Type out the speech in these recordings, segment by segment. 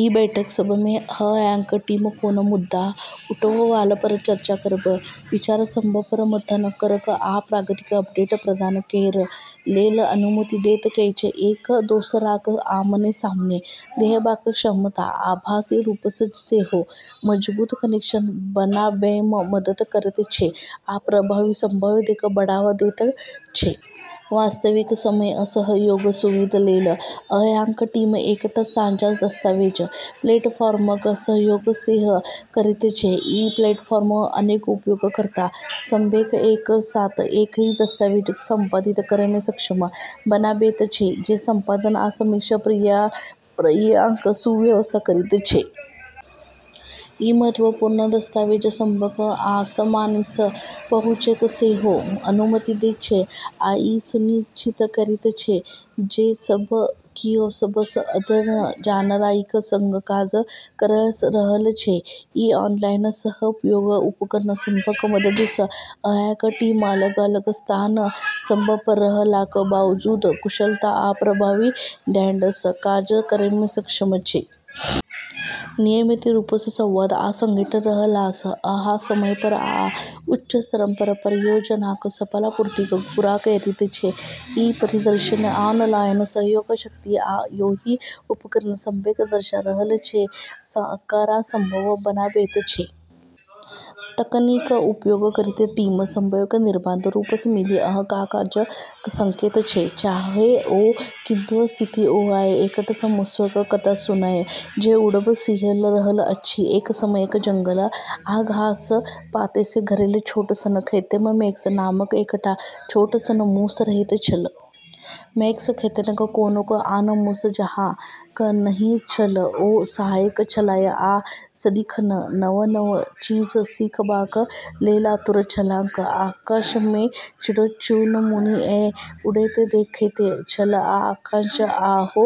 ई बैठक सभमे अहाँक टीम कोनो मुद्दा उठैवालापर चर्चा करब, विचार सभपर मंथन करब, आ प्रगतिक अपडेट प्रदान करै लेल अनुमति दैत छै। एक दोसराक आमने-सामने देखबाक क्षमता, आभासी रूपसँ सेहो, मजबूत कनेक्शन बनाबैमे मदद करैत छै आ प्रभावी संवादकेँ बढ़ावा दैत छै। वास्तविक समय सहयोगक सुविधा लेल, अहाँक टीम एकटा साझा दस्तावेज प्लेटफॉर्मक उपयोग सेहो करैत छै। ई प्लेटफॉर्म अनेक उपयोगकर्ता सभकेँ एक साथ एकही दस्तावेजकेँ संपादित करैमे सक्षम बनाबैत छै, जे संपादन आ समीक्षा प्रक्रियाकेँ सुव्यवस्थित करैत छै। ई महत्वपूर्ण दस्तावेज सभक आसानीसँ पहुँचकेँ सेहो अनुमति दैत छै आ ई सुनिश्चित करैत छै जे सब कियो सबसँ अद्यतन जानकारीक संग काज कऽ रहल छै। ई ऑनलाइन सहयोग उपकरण सभक मददसँ, अहाँक टीम अलग-अलग स्थान सभपर रहलाक बावजूद, कुशलता आ प्रभावी ढंगसँ काज करैमे सक्षम छै। नियमित रूपसँ संवाद आ संगठित रहलासँ अहाँ समयपर आ उच्च स्तरपर परियोजनाकेँ सफलतापूर्वक पूरा करैत छी। ई परिदृश्य ऑनलाइन सहयोगक शक्ति आ ओहि उपकरण सभकेँ दर्शा रहल छै जे एकरा संभव बनाबैत छै। तकनीकक उपयोग करैत टीम सभकेँ निर्बाध रूपसँ मिलि कऽ काज कऽ सकैत छै, चाहे ओ कतहु स्थित होअए। एकटा मूसक कथा सुनाउ जे उड़ब सीखि रहल अछि। एक समयमे जंगल आ घास-पातसँ घेरल छोट सन खेतमे मैक्स नामक एकटा छोट सन मूस रहैत छल। मैक्स खेतक कोनो आन मूस जकाँ नहि छल; ओ साहसिक छलाह आ सदिखन नव-नव चीज सीखबाक लेल आतुर छलाह। आकाशमे चिड़ै-चुनमुनीकेँ उड़ैत देखैत छल आ काश, ओहो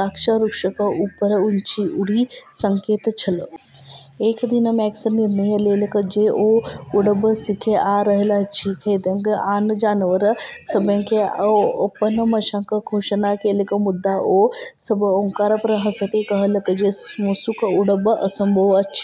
गाछ-वृक्षक ऊपर ऊँच उड़ि सकैत छल। एक दिन मैक्स निर्णय लेलक जे ओ उड़ब सीखै जा रहल अछि। खेतक आन जानवर सभकेँ ओ अपन मंशाक घोषणा केलक, मुदा ओ सभ ओकरापर हँसैत कहलक जे मूसक उड़ब असंभव अछि।